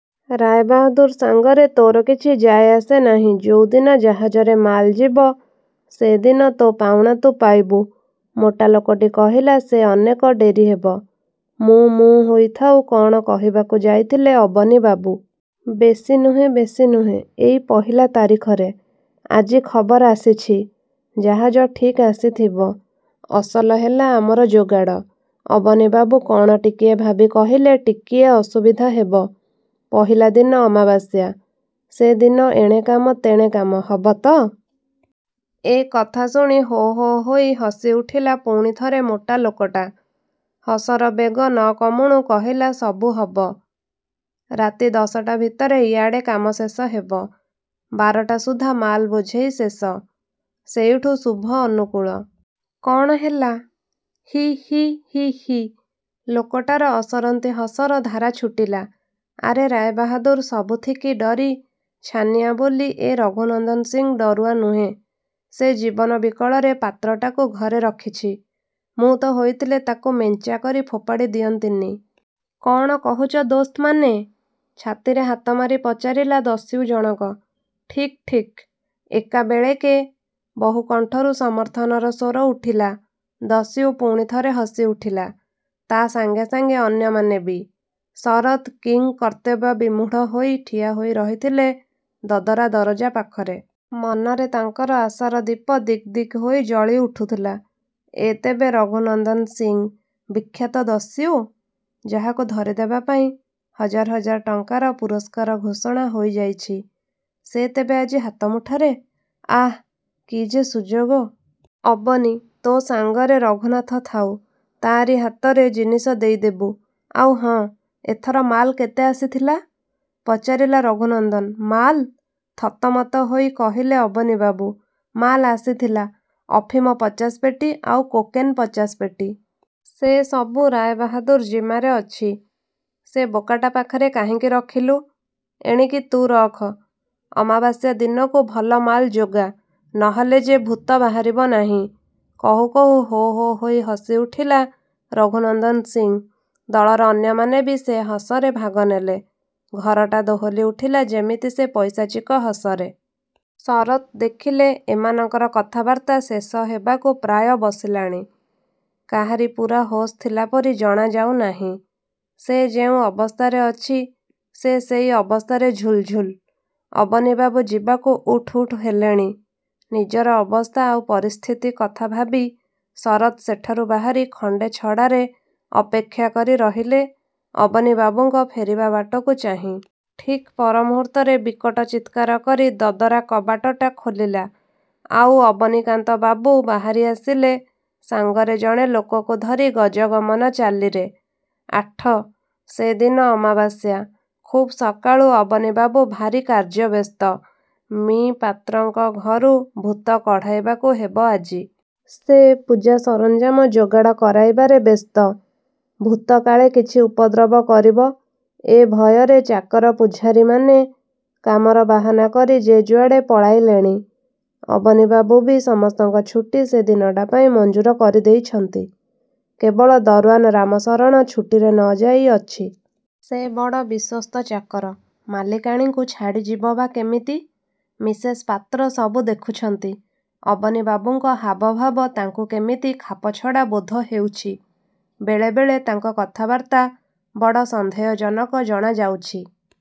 ରାୟବାହାଦୂର ସାଙ୍ଗରେ ତୋର କିଛି ଯାଏ ଆସେ ନାହିଁ। ଯୋଉ ଦିନ ଜାହାଜରେ ମାଲ ଯିବ, ସେ ଦିନ ତୋ ପାଉଣା ତୁ ପାଇବୁ। '' ମୋଟା ଲୋକଟି କହିଲା। ''ସେ ଅନେକ ଡେରି ହେବ ''। ମୁଁ-ମୁଁ ହୋଇ ଥାଉ କ'ଣ କହିବାକୁ ଯାଇଥିଲେ ଅବନୀବାବୁ। ''ବେଶୀ ନୁହେଁ, ବେଶୀ ନୁହେଁ; ଏଇ ପହିଲା ତାରିଖରେ। ଆଜି ଖବର ଆସିଛି। ଜାହାଜ ଠିକ୍ ଆସିଥିବ। ଅସଲ ହେଲା ଆମର ଯୋଗାଡ଼। '' ଅବନୀବାବୁ କ'ଣ ଟିକିଏ ଭାବି କହିଲେ-''ଟିକିଏ ଅସୁବିଧା ହେବ। ପହିଲା ଦିନ ଅମାବାସ୍ୟା। ସେ ଦିନ ଏଣେ କାମ, ତେଣେ କାମ; ହବ ତ? '' ଏ କଥା ଶୁଣି ହୋ' ହୋ' ହୋଇ ହସି ଉଠିଲା ପୁଣିଥରେ ମୋଟା ଲୋକଟା। ହସର ବେଗ ନ କମୁଣୁ କହିଲା-''ସବୁ ହବ। ରାତି ଦଶଟା ଭିତରେ ଇଆଡ଼େ କାମ ଶେଷ ହେବ; ବାରଟା ସୁଦ୍ଧା ମାଲ ବୋଝେଇ ଶେଷ। ସେଇଠୁ ଶୁଭ ଅନୁକୂଳ। କ'ଣ, ହେଲା? '' ହିଃ ହିଃ ହିଃ ହିଃ। ଲୋକଟାର ଅସରନ୍ତି ହସର ଧାରା ଛୁଟିଲା। ''ଆରେ ରାୟ ବାହାଦୂର ସବୁଥିକି ଡରି ଛାନିଆଁ ବୋଲି ଏ ରଘୁନନ୍ଦନ ସିଂ ଡରୁଆ ନୁହେଁ। ସେ ଜୀବନ ବିକଳରେ ପାତ୍ରଟାକୁ ଘରେ ରଖିଛି, ମୁଁ ତ ହୋଇଥିଲେ ତାକୁ ମେଞ୍ଚାକରି ଫୋପାଡ଼ି ଦିଅନ୍ତିନି। କ'ଣ କହୁଛ ଦୋସ୍ତମାନେ? '' ଛାତିରେ ହାତମାରି ପଚାରିଲା ଦସ୍ୟୁ ଜଣକ। ''ଠିକ୍, ଠିକ୍! '' ଏକାବେଳେକେ ବହୁ କଣ୍ଠରୁ ସମର୍ଥନର ସ୍ୱର ଉଠିଲା। ଦସ୍ୟୁ ପୁଣିଥରେ ହସି ଉଠିଲା। ତା' ସାଙ୍ଗେ ସାଙ୍ଗେ ଅନ୍ୟମାନେ ବି। ଶରତ୍ କିଂକର୍ତ୍ତବ୍ୟବିମୂଢ଼ ହୋଇ ଠିଆ ହୋଇ ରହିଥିଲେ ଦଦରା ଦରଜା ପାଖରେ। ମନରେ ତାଙ୍କର ଆଶାର ଦୀପ ଦିକ୍ ଦିକ୍ ହୋଇ ଜଳି ଉଠୁଥିଲା। ''ଏ ତେବେ ରଘୁନନ୍ଦନ ସିଂ! ବିଖ୍ୟାତ ଦସ୍ୟୁ? ଯାହାକୁ ଧରିଦେବା ପାଇଁ ହଜାର୍ ହଜାର୍ ଟଙ୍କାର ପୁରସ୍କାର ଘୋଷଣା ହୋଇଯାଇଛି; ସେ ତେବେ ଆଜି ହାତ ମୁଠାରେ? ଆଃ! କି ଯେ ସୁଯୋଗ। '' ''ଅବନୀ! ତୋ ସାଙ୍ଗରେ ରଘୁନାଥ ଥାଉ। ତା'ରି ହାତରେ ଜିନିଷ ଦେଇଦେବୁ। ଆଉ ହଁ; ଏଥର ମାଲ କେତେ ଆସିଥିଲା? '' ପଚାରିଲା ରଘୁନନ୍ଦନ। ''ମାଲ୍? '' ଥତମତ ହୋଇ କହିଲେ ଅବନୀବାବୁ।। ମାଲ ଆସିଥିଲା-ଅଫିମ ପଚାଶ ପେଟି ଆଉ କୋକେନ୍ ପଚାଶ ପେଟି। ସେ ସବୁ ରାୟବାହାଦୂର ଜିମାରେ ଅଛି। '' ''ସେ ବୋକାଟା ପାଖରେ କାହିଁକି ରଖିଲୁ? ଏଣିକି ତୁ ରଖ। ଅମାବାସ୍ୟାଦିନକୁ ଭଲ ମାଲ ଯୋଗା; ନହେଲେ ଯେ ଭୂତ ବାହାରିବ ନାହିଁ। '' କହୁ କହୁ ହୋ-ହୋ ହୋଇ ହସି ଉଠିଲା ରଘୁନନ୍ଦନ ସିଂ। ଦଳର ଅନ୍ୟମାନେ ବି ସେ ହସରେ ଭାଗ ନେଲେ, ଘରଟା ଦୋହଲି ଉଠିଲା ଯେମିତି ସେ ପୈଶାଚିକ ହସରେ। ଶରତ୍ ଦେଖିଲେ, ଏମାନଙ୍କର କଥାବାର୍ତ୍ତା ଶେଷ ହେବାକୁ ପ୍ରାୟ ବସିଲାଣି। କାହାରି ପୂରା ହୋସ୍ ଥିଲା ପରି ଜଣାଯାଉ ନାହିଁ। ସେ ଯେଉଁ ଅବସ୍ଥାରେ ଅଛି, ସେ ସେଇ ଅବସ୍ଥାରେ ଝୁଲ୍ ଝୁଲ୍। ଅବନୀବାବୁ ଯିବାକୁ ଉଠ୍ ଉଠ୍ ହେଲେଣି। ନିଜର ଅବସ୍ଥା ଆଉ ପରିସ୍ଥିତି କଥା ଭାବି ଶରତ୍ ସେଠାରୁ ବାହାରି ଖଣ୍ଡେ ଛଡ଼ାରେ ଅପେକ୍ଷା କରି ରହିଲେ, ଅବନୀବାବୁଙ୍କ ଫେରିବା ବାଟକୁ ଚାହିଁ। ଠିକ୍ ପର ମୁହୂର୍ତ୍ତରେ ବିକଟ ଚିତ୍କାର କରି ଦଦରା କବାଟଟା ଖୋଲିଲା, ଆଉ ଅବନୀକାନ୍ତ ବାବୁ ବାହାରି ଆସିଲେ ସାଙ୍ଗରେ ଜଣେ ଲୋକକୁ ଧରି ଗଜଗମନ ଚାଲିରେ। -ଆଠ- ସେ ଦିନ ଅମାବାସ୍ୟା। ଖୁବ୍ ସକାଳୁ ଅବନୀବାବୁ ଭାରି କାର୍ଯ୍ୟବ୍ୟସ୍ତ। ମି: ପାତ୍ରଙ୍କ ଘରୁ ଭୂତ କଢ଼ାଇବାକୁ ହେବ ଆଜି। ସେ ପୂଜା ସରଞ୍ଜାମ ଯୋଗାଡ଼ କରାଇବାରେ ବ୍ୟସ୍ତ। ଭୂତ କାଳେ କିଛି ଉପଦ୍ରବ କରିବ-ଏ ଭୟରେ ଚାକର, ପୁଝାରୀମାନେ କାମର ବାହାନା କରି ଯେ ଯୁଆଡ଼େ ପଳାଇଲେଣି। ଅବନୀବାବୁ ବି ସମସ୍ତଙ୍କ ଛୁଟି ସେ ଦିନଟା ପାଇଁ ମଞ୍ଜୁର କରି ଦେଇଛନ୍ତି। କେବଳ ଦରଓ୍ୱାନ୍ ରାମଶରଣ ଛୁଟିରେ ନ ଯାଇ ଅଛି। ସେ ବଡ଼ ବିଶ୍ୱସ୍ତ ଚାକର। ମାଲିକାଣୀଙ୍କୁ ଛାଡ଼ି ଯିବ ବା କେମିତି? ମିସେସ୍ ପାତ୍ର ସବୁ ଦେଖୁଛନ୍ତି। ଅବନୀବାବୁଙ୍କ ହାବ ଭାବ ତାଙ୍କୁ କେମିତି ଖାପଛଡ଼ା ବୋଧ ହେଉଛି। ବେଳେ ବେଳେ ତାଙ୍କ କଥାବାର୍ତ୍ତା ବଡ଼ ସନ୍ଦେହଜନକ ଜଣା ଯାଉଛି।